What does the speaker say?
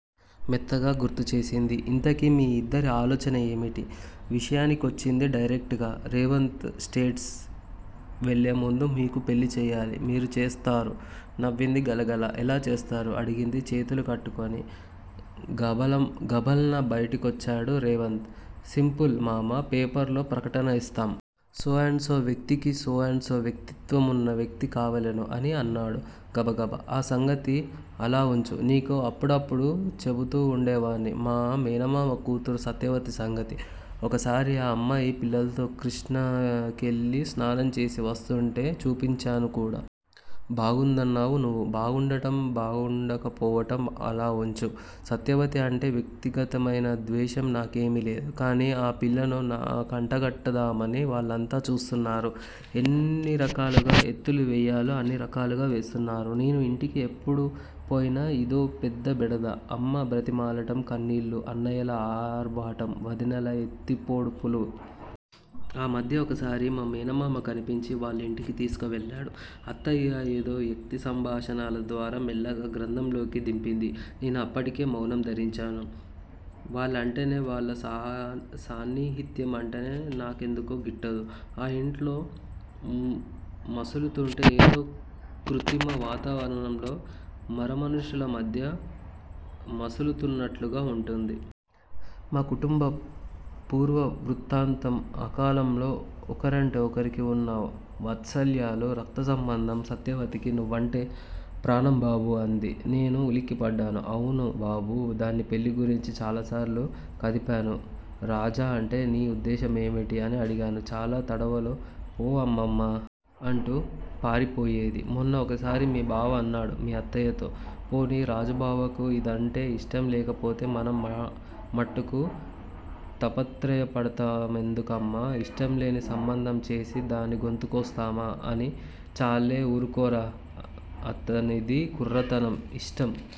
మెత్తగా గుర్తుచేసింది. ఇంతకీ మీ ఇద్దరి ఆలోచన ఏవిటీ? విషయానికొచ్చింది డైరెక్ట్ గా. రేవంత్ స్టేట్స్ వెళ్లేముందు మీకు పెళ్ళి చెయ్యాలి! మీరు చేస్తారు? నవ్వింది గలగలా. ఎలా చేస్తారు? అడిగింది చేతులు కట్టుకుని! గభాల్న బయటకొచ్చాడు రేవంత్. సింపుల్ మమ్మా పేపర్ లో ప్రకటన ఇస్తాం! 'సో అండ్ సో వ్యక్తికి- సో అండ్ సో వ్యక్తిత్వం ఉన్న వ్యక్తి కావలెను' అని! అన్నాడు గబగబా. ఆ సంగతి అలావుంచు. నీకు అప్పుడప్పుడూ చెబుతూవుండేవాణ్ణి మా మేనమామ కూతురు సత్యవతి సంగతి. ఒకసారి ఆ అమ్మాయి పిల్లల్తో కృష్ణకెళ్ళి స్నానంచేసి వస్తూంటే చూపించాను కూడా. బాగుందన్నావు నువ్వు. బాగుండటం, బాగుండకపోవటం అలావుంచు. సత్యవతి అంటే వ్యక్తిగతమైన ద్వేషం నాకేమీలేదు. కాని ఆ పిల్లను నాకంటగట్టుదామని వాళ్ళంతా చూస్తున్నారు. ఎన్నిరకాలుగా ఎత్తులు వెయ్యాలో అన్నిరకాలుగా వేస్తున్నారు. నేను ఇంటికి ఎప్పుడుపోయినా ఇదో పెద్ద బెడద. అమ్మ బ్రతిమాలటం, కన్నీళ్ళు, అన్నయ్యల ఆర్భాటం. వదినెల ఎత్తిపొడుపులూ. ఆ మధ్య ఒకసారి మా మేనమామ కనిపించి వాళ్ళ ఇంటికి తీసుకువెళ్ళాడు. అత్తయ్య ఏదో యుక్తిసంభాషణల ద్వారా మెల్లగా గ్రంథంలోకి దింపింది. నేను అప్పటికి మౌనం ధరించాను. వాళ్ళంటేనే, వాళ్ళ సాన్నిహిత్యం అంటేనే నా కెందుకో గిట్టదు. ఆ ఇంట్లో మసులుతూంటే ఏదో కృత్రిమ వాతావరణంలో, మరమనుషుల మధ్య మసులుతున్నట్లుగా వుంటుంది. మా కుటుంబ పూర్వవృత్తాంతం, ఆకాలంలో ఒకరంటే ఒకరికి వున్న వాత్సల్యాలు, రక్తసంబంధం. సత్యవతికి నువ్వంటే ప్రాణంబాబూ! అంది. నేను ఉలిక్కిపడ్డాను. అవును బాబూ! దాని పెళ్ళి గురించి చాలాసార్లు కదిపాను. 'రాజా అంటే నీ ఉద్దేశం ఏమిటే? ' అనడిగాను చాలా తడవలు. 'పో అమ్మమ్మా! ' అంటూ పారిపోయేది. మొన్న ఒకసారి మీ బావ అన్నాడు మీ అత్తయ్యతో 'పోనీ రాజుబావకు ఇదంటే ఇష్టంలేకపోతే మనం మట్టుకు తాపత్రయపడటమెందుకమ్మా? ఇష్టంలేని సంబంధంచేసి దానిగొంతుకోస్తామా? ' అని. 'చాల్లే ఊరుకోరా. అతన్ది కుర్రతనం. ఇష్టం